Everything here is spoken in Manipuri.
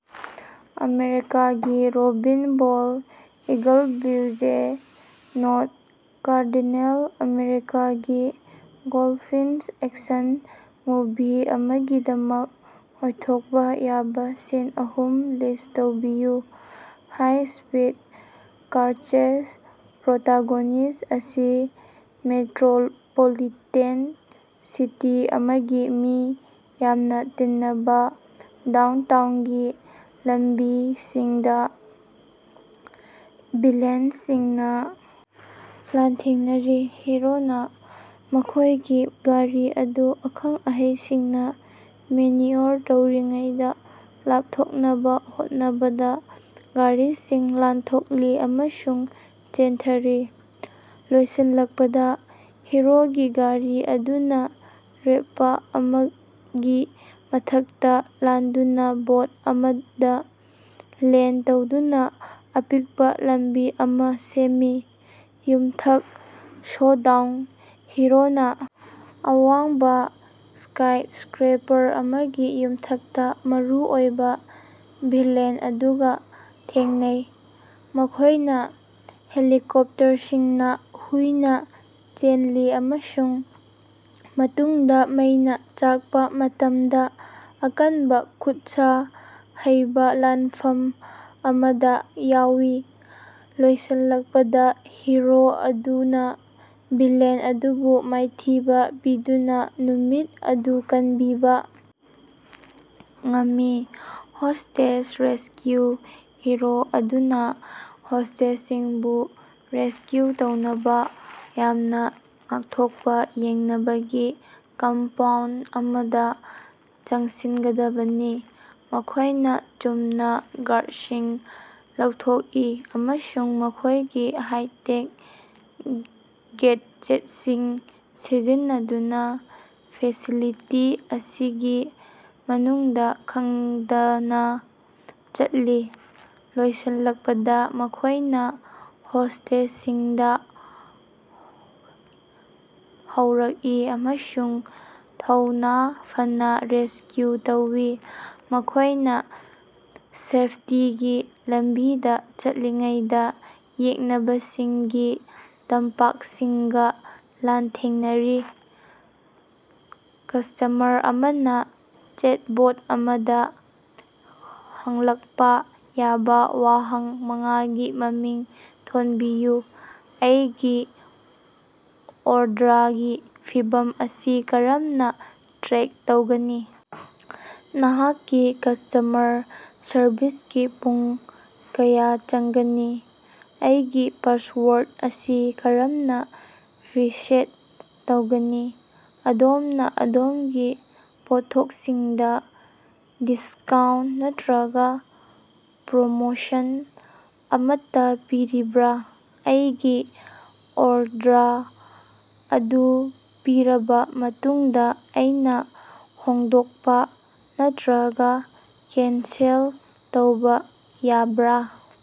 ꯑꯃꯦꯔꯤꯀꯥꯒꯤ robin bald eagle blue jay north cardinal ꯑꯃꯦꯔꯤꯀꯥꯒꯤ ꯒꯣꯜꯗꯐꯤꯟꯆ ꯑꯦꯛꯁꯟ ꯃꯨꯚꯤ ꯑꯃꯒꯤꯗꯃꯛ ꯑꯣꯏꯊꯣꯛꯄ ꯌꯥꯕ ꯁꯤꯟ ꯑꯍꯨꯝ ꯂꯤꯁꯠ ꯇꯧꯕꯤꯌꯨ꯫ ꯍꯥꯏ-ꯁ꯭ꯄꯤꯗ ꯀꯥꯔ ꯆꯦꯖ: ꯄ꯭ꯔꯣꯇꯥꯒꯣꯅꯤꯁꯠ ꯑꯁꯤ ꯃꯦꯇ꯭ꯔꯣꯄꯣꯂꯤꯇꯦꯟ ꯁꯤꯇꯤ ꯑꯃꯒꯤ ꯃꯤ ꯌꯥꯝꯅ ꯇꯤꯟꯅꯕ ꯗꯥꯎꯟꯇꯥꯎꯟꯒꯤ ꯂꯝꯕꯤꯁꯤꯡꯗ ꯚꯤꯂꯦꯟꯁꯤꯡꯅ ꯂꯥꯟꯊꯦꯡꯅꯔꯤ꯫ ꯍꯤꯔꯣꯅ ꯃꯈꯣꯏꯒꯤ ꯒꯥꯔꯤ ꯑꯗꯨ ꯑꯈꯪ-ꯑꯍꯩꯁꯤꯡꯅ ꯃꯦꯅ꯭ꯌꯨꯑꯣꯔ ꯇꯧꯔꯤꯉꯩꯗ ꯂꯥꯞꯊꯣꯛꯅꯕ ꯍꯣꯠꯅꯕꯗ ꯒꯥꯔꯤꯁꯤꯡ ꯂꯥꯟꯊꯣꯛꯂꯤ ꯑꯃꯁꯨꯡ ꯆꯦꯟꯊꯔꯤ꯫ ꯂꯣꯏꯁꯤꯜꯂꯛꯄꯗ ꯍꯤꯔꯣꯒꯤ ꯒꯥꯔꯤ ꯑꯗꯨꯅ ꯔꯦꯝꯄ ꯑꯃꯒꯤ ꯃꯊꯛꯇ ꯂꯥꯟꯗꯨꯅ ꯕꯣꯠ ꯑꯃꯗ ꯂꯦꯟꯗ ꯇꯧꯗꯨꯅ ꯑꯄꯤꯛꯄ ꯂꯝꯕꯤ ꯑꯃ ꯁꯦꯝꯃꯤ꯫ ꯌꯨꯝꯊꯛ ꯁꯣꯗꯥꯎꯟ: ꯍꯤꯔꯣꯅ ꯑꯋꯥꯡꯕ ꯁ꯭ꯀꯥꯏꯁ꯭ꯀꯔꯦꯄꯔ ꯑꯃꯒꯤ ꯌꯨꯝꯊꯛꯇ ꯃꯔꯨꯑꯣꯏꯕ ꯚꯤꯂꯦꯟ ꯑꯗꯨꯒ ꯊꯦꯡꯅꯩ꯫ ꯃꯈꯣꯏꯅ ꯍꯦꯂꯤꯀꯣꯞꯇꯔꯁꯤꯡꯅ ꯍꯨꯏꯅ ꯆꯦꯜꯂꯤ ꯑꯃꯁꯨꯡ ꯃꯇꯨꯡꯗ ꯃꯩꯅ ꯆꯥꯛꯄ ꯃꯇꯝꯗ ꯑꯀꯟꯕ ꯈꯨꯠꯁꯥ ꯍꯩꯕ ꯂꯥꯟꯐꯝ ꯑꯃꯗ ꯌꯥꯎꯏ꯫ ꯂꯣꯏꯁꯤꯜꯂꯛꯄꯗ ꯍꯤꯔꯣ ꯑꯗꯨꯅ ꯚꯤꯂꯦꯟ ꯑꯗꯨꯕꯨ ꯃꯥꯏꯊꯤꯕ ꯄꯤꯗꯨꯅ ꯅꯨꯃꯤꯠ ꯑꯗꯨ ꯀꯟꯕꯤꯕ ꯉꯝꯃꯤ꯫ ꯍꯣꯁ꯭ꯇꯦꯖ ꯔꯦꯁꯀ꯭ꯌꯨ: ꯍꯤꯔꯣ ꯑꯗꯨꯅ ꯍꯣꯁ꯭ꯇꯦꯖꯁꯤꯡꯕꯨ ꯔꯦꯁꯀ꯭ꯌꯨ ꯇꯧꯅꯕ ꯌꯥꯝꯅ ꯉꯥꯛꯊꯣꯛꯄ ꯌꯦꯛꯅꯕꯒꯤ ꯀꯝꯄꯥꯎꯟꯗ ꯑꯃꯗ ꯆꯪꯁꯤꯟꯒꯗꯕꯅꯤ꯫ ꯃꯈꯣꯏꯅ ꯆꯨꯝꯅ ꯒꯥꯔꯗꯁꯤꯡ ꯂꯧꯊꯣꯛꯏ ꯑꯃꯁꯨꯡ ꯃꯈꯣꯏꯒꯤ ꯍꯥꯏ-ꯇꯦꯛ ꯒꯦꯗꯖꯦꯠꯁꯤꯡ ꯁꯤꯖꯤꯟꯅꯗꯨꯅ ꯐꯦꯁꯤꯂꯤꯇꯤ ꯑꯁꯤꯒꯤ ꯃꯅꯨꯡꯗ ꯈꯪꯗꯅ ꯆꯠꯂꯤ꯫ ꯂꯣꯏꯁꯤꯜꯂꯛꯄꯗ, ꯃꯈꯣꯏꯅ ꯍꯣꯁ꯭ꯇꯦꯖꯁꯤꯡꯗ ꯌꯧꯔꯛꯏ ꯑꯃꯁꯨꯡ ꯊꯧꯅꯥ ꯐꯅ ꯔꯦꯁꯀ꯭ꯌꯨ ꯇꯧꯋꯤ꯫ ꯃꯈꯣꯏꯅ ꯁꯦꯐꯇꯤꯒꯤ ꯂꯝꯕꯤꯗ ꯆꯠꯂꯤꯉꯩꯗ ꯌꯦꯛꯅꯕꯁꯤꯡꯒꯤ ꯇꯝꯄꯥꯛꯁꯤꯡꯒ ꯂꯥꯟꯊꯦꯡꯅꯔꯤ꯫ ꯀꯁ꯭ꯇꯃꯔ ꯑꯃꯅ ꯆꯦꯠꯕꯣꯠ ꯑꯃꯗ ꯍꯪꯂꯛꯄ ꯌꯥꯕ ꯋꯥꯍꯪ ꯃꯉꯥꯒꯤ ꯃꯃꯤꯡ ꯊꯣꯟꯕꯤꯌꯨ꯫ ꯑꯩꯒꯤ ꯑꯣꯔꯗꯔꯒꯤ ꯐꯤꯚꯝ ꯑꯁꯤ ꯀꯔꯝꯅ ꯇ꯭ꯔꯦꯛ ꯇꯧꯒꯅꯤ? ꯅꯍꯥꯛꯀꯤ ꯀꯁ꯭ꯇꯃꯔ ꯁꯔꯚꯤꯁꯀꯤ ꯄꯨꯡ ꯀꯌꯥ ꯆꯪꯒꯅꯤ? ꯑꯩꯒꯤ ꯄꯥꯁꯋꯥꯔꯗ ꯑꯁꯤ ꯀꯔꯝꯅ ꯔꯤꯁꯦꯠ ꯇꯧꯒꯅꯤ? ꯑꯗꯣꯝꯅ ꯑꯗꯣꯝꯒꯤ ꯄꯣꯠꯊꯣꯛꯁꯤꯡꯗ ꯗꯤꯁꯀꯥꯎꯟꯇ ꯅꯠꯇ꯭ꯔꯒ ꯄ꯭ꯔꯣꯃꯣꯁꯟ ꯑꯃꯠꯇ ꯄꯤꯔꯤꯕ꯭ꯔꯥ? ꯑꯩꯒꯤ ꯑꯣꯔꯗꯔ ꯑꯗꯨ ꯄꯤꯔꯕ ꯃꯇꯨꯡꯗ ꯑꯩꯅ ꯍꯣꯡꯗꯣꯛꯄ ꯅꯠꯇ꯭ꯔꯒ ꯀꯦꯟꯁꯦꯜ ꯇꯧꯕ ꯌꯥꯕ꯭ꯔꯥ?